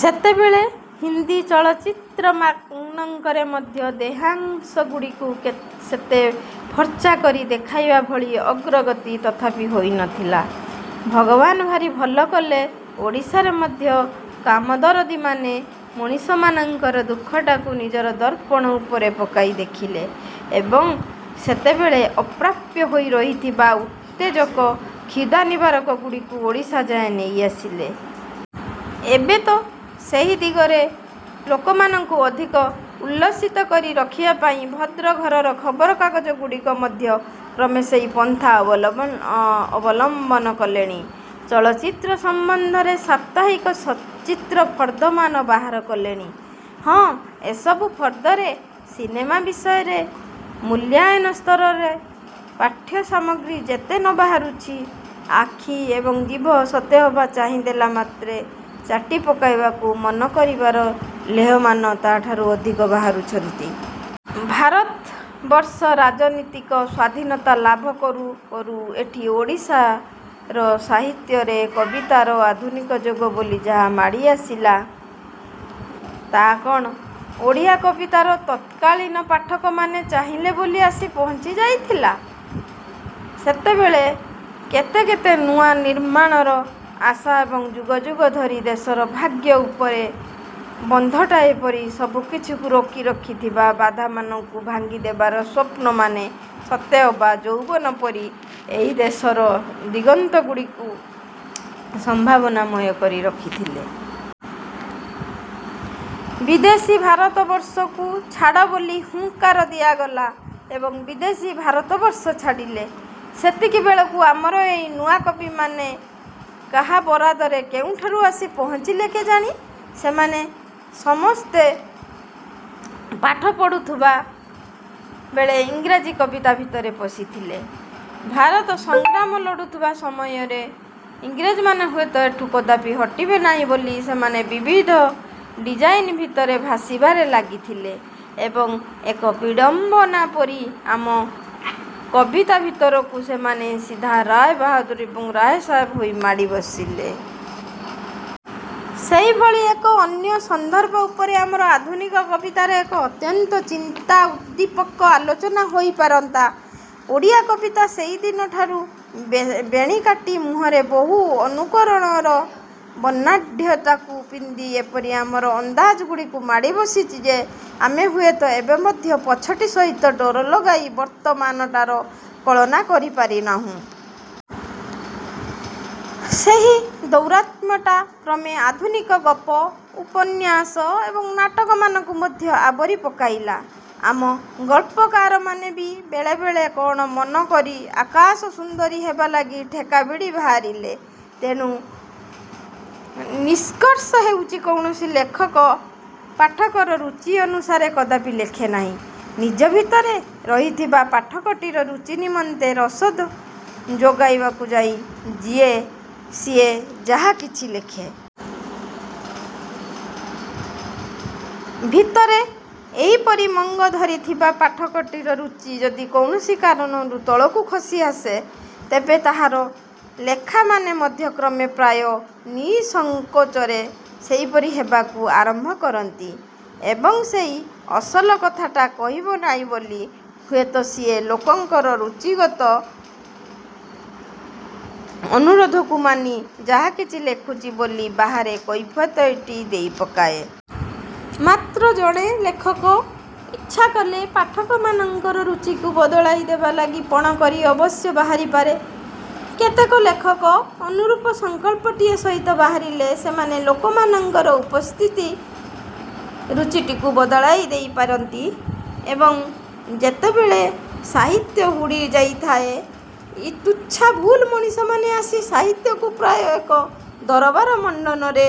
ସେତେବେଳେ ହିନ୍ଦି ଚଳଚ୍ଚିତ୍ର ମାନଙ୍କରେ ମଧ୍ୟ ଦେହାଂଶଗୁଡ଼ିକୁ ସେତେ ଫରଚା କରି ଦେଖାଇବା ଭଳି ଅଗ୍ରଗତି ତଥାପି ହୋଇନଥିଲା। ଭଗବାନ ଭାରି ଭଲ କଲେ ଓଡ଼ିଶାରେ ମଧ୍ୟ କାମଦରଦୀମାନେ ମଣିଷମାନଙ୍କର ଦୁଃଖଟାକୁ ନିଜର ଦର୍ପଣ ଉପରେ ପକାଇ ଦେଖିଲେ ଏବଂ ସେତେବେଳେ ଅପ୍ରାପ୍ୟ ହୋଇ ରହିଥିବା ଉତ୍ତେଜକ କ୍ଷୁଧାନିବାରକଗୁଡ଼ିକୁ ଓଡ଼ିଶା ଯାଏ ନେଇ ଆସିଲେ। ଏବେ ତ ସେହି ଦିଗରେ ଲୋକମାନଙ୍କୁ ଅଧିକ ଉଲ୍ଲସିତ କରି ରଖିବା ପାଇଁ ଭଦ୍ର ଘରର ଖବରକାଗଜଗୁଡ଼ିକ ମଧ୍ୟ କ୍ରମେ ସେହି ପନ୍ଥା ଅବଲମ୍ବନ କଲେଣି। ଚଳଚ୍ଚିତ୍ର ସମ୍ବନ୍ଧରେ ସାପ୍ତାହିକ ସଚିତ୍ର ଫର୍ଦ୍ଦମାନ ବାହାର କଲେଣି। ହଁ ଏସବୁ ଫର୍ଦ୍ଦରେ ସିନେମା ବିଷୟରେ ମୂଲ୍ୟାୟନସ୍ତରର ପାଠ୍ୟସାମଗ୍ରୀ ଯେତେ ନବାହାରୁଛି, ଆଖି ଏବଂ ଜିଭ ସତେ ଅବା ଚାହିଁ ଦେଲାମାତ୍ରେ ଚାଟି ପକାଇବାକୁ ମନ କରିବାର ଲେହମାନ ତାଠାରୁ ଅଧିକ ବାହାରୁଛନ୍ତି। ଭାରତବର୍ଷ ରାଜନୀତିକ ସ୍ୱାଧୀନତା ଲାଭ କରୁ କରୁ ଏଠି ଓଡ଼ିଶାର ସାହିତ୍ୟରେ କବିତାର ଆଧୁନିକ ଯୁଗ ବୋଲି ଯାହା ମାଡ଼ି ଆସିଲା, ତାହା କଣ ଓଡ଼ିଆ କବିତାର ତତ୍କାଳୀନ ପାଠକମାନେ ଚାହିଲେ ବୋଲି ଆସି ପହଞ୍ଚି ଯାଇଥିଲା? ସେତେବେଳେ କେତେ କେତେ ନୂଆ ନିର୍ମାଣର ଆଶା ଏବଂ ଯୁଗ ଯୁଗ ଧରି ଦେଶର ଭାଗ୍ୟ ଉପରେ ବନ୍ଧଟାଏ ପରି ସବୁକିଛିକୁ ରୋକି ରଖିଥିବା ବାଧାମାନଙ୍କୁ ଭାଙ୍ଗିଦେବାର ସ୍ଵପ୍ନମାନେ ସତେ ଅବା ଯୌବନ ପରି ଏହି ଦେଶର ଦିଗନ୍ତଗୁଡ଼ିକୁ ସମ୍ଭାବନାମୟ କରି ରଖିଥିଲେ। ବିଦେଶୀ ଭାରତବର୍ଷକୁ ଛାଡ଼ ବୋଲି ହୁଙ୍କାର ଦିଆଗଲା ଏବଂ ବିଦେଶୀ ଭାରତବର୍ଷ ଛାଡ଼ିଲେ। ସେତିକିବେଳକୁ ଆମର ଏହି ନୂଆ କବିମାନେ କାହା ବରାଦରେ କେଉଁଠାରୁ ଆସି ପହଞ୍ଚିଲେ କେଜାଣି? ସେମାନେ ସମସ୍ତେ ପାଠ ପଢୁଥିବା ବେଳେ ଇଂରାଜୀ କବିତା ଭିତରେ ପଶିଥିଲେ। ଭାରତ ସଂଗ୍ରାମ ଲଢୁଥିବା ସମୟରେ ଇଂରେଜମାନେ ହୁଏତ ଏଠୁ କଦାପି ହଟିବେ ନାହିଁ ବୋଲି ସେମାନେ ବିବିଧ ଡ଼ିଜାଇନ୍ ଭିତରେ ଭାସିବାରେ ଲାଗିଥିଲେ ଏବଂ ଏକ ବିଡ଼ମ୍ବନା ପରି ଆମ କିବତା ଭିତରକୁ ସେମାନେ ସିଧା ରାୟ ବାହାଦୁର ଏବଂ ରାୟ ସାହେବ ହୋଇ ମାଡ଼ିବସିଲେ। ସେହିଭଳି ଏକ ଅନ୍ୟ ସନ୍ଦର୍ଭ ଉପରେ ଆମ ଆଧୁନିକ କବିତାରେ ଏକ ଅତ୍ୟନ୍ତ ଚିନ୍ତାଉବ୍ଦୀପକ ଆଲୋଚନା ହୋଇପାରନ୍ତା। ଓଡ଼ିଆ କବିତା ସେହିଦିନଠାରୁ ବେଣୀ କାଟି ମୁହଁରେ ବହୁ ଅନୁକରଣର ବର୍ଣ୍ଣାଢ଼୍ୟତାକୁ ପିନ୍ଧି ଏପରି ଆମର ଅନ୍ଦାଜଗୁଡ଼ିକୁ ମାଡ଼ି ବସିଛି ଯେ, ଆମେ ହୁଏତ ଏବେ ମଧ୍ୟ ପଛଟି ସହିତ ଡୋର ଲଗାଇ ବର୍ତ୍ତମାନଟାର କଳନା କରି ପାରୁନାହିଁ। ସେହି ଦୌରାତ୍ମ୍ୟଟା କ୍ରମେ ଆଧୁନିକ ଗପ, ଉପନ୍ୟାସ ଏବଂ ନାଟକମାନଙ୍କୁ ମଧ୍ୟ ଆବୋରି ପକାଇଲା। ଆମ ଗଳ୍ପାକାରମାନେ ବି ବେଳେବେଳେ କଣ ମନକରି ଆକାଶସୁନ୍ଦରୀ ହେବାଲାଗି ଠେକା ଭିଡ଼ି ବାହାରିଲେ। ତେଣୁ ନିଷ୍କର୍ଷ ହେଉଛି, କୌଣସି ଲେଖକ ପାଠକର ରୁଚି ଅନୁସାରେ କଦାପି ଲେଖେନାହିଁ। ନିଜ ଭିତରେ ରହିଥିବା ପାଠକଟିର ରୁଚି ନିମନ୍ତେ ରସଦ ଯୁ ଯୋଗାଇବାକୁ ଯାଇ ସିଏ ଯାହାକିଛି ଲେଖେ। ଭିତରେ ଏହିପରି ମଙ୍ଗ ଧରିଥିବା ପାଠକଟିର ରୁଚି ଯଦି କୌଣସି କାରଣରୁ ତଳକୁ ଖସି ଆସେ, ତେବେ ତାହାର ଲେଖାମାନେ ମଧ୍ୟ କ୍ରମେ ପ୍ରାୟ ନିଃସଙ୍କୋଚରେ ସେହିପରି ହେବାକୁ ଆରମ୍ଭ କରନ୍ତି। ଏବଂ ସେହି ଅସଲ କଥାଟା କହିବ ନାହିଁ ବୋଲି ହୁଏତ ସିଏ ଲୋକଙ୍କର ରୁଚିଗତ ଅନୁରୋଧକୁ ମାନି ଯାହାକିଛି ଲେଖୁଛି ବୋଲି ବାହାରେ କୈଫିୟତଟିଏ ଦେଇପକାଏ। ମାତ୍ର ଜଣେ ଲେଖକ ଇଚ୍ଛା କଲେ ପାଠକମାନଙ୍କର ରୁଚିକୁ ବଦଳାଇ ଦେବାଲାଗି ପଣ କରି ଅବଶ୍ୟ ବାହାରିପାରେ। କେତେକ ଲେଖକ ଅନୁରୂପ ସଂକଳ୍ପଟିଏ ସହିତ ବାହାରିଲେ ସେମାନେ ଲୋକମାନଙ୍କର ଉପସ୍ଥିତ ରୁଚିଟିକୁ ବଦଳାଇ ଦେଇପାରନ୍ତି। ଏବଂ ଯେତେବେଳେ ସାହିତ୍ୟ ହୁଡ଼ି ଯାଇଥାଏ, ତୁ ତୁଚ୍ଛା ଭୁଲ ମଣିଷମାନେ ଆସି ସାହିତ୍ୟକୁ ପ୍ରାୟ ଏକ ଦରବାରମଣ୍ଡନରେ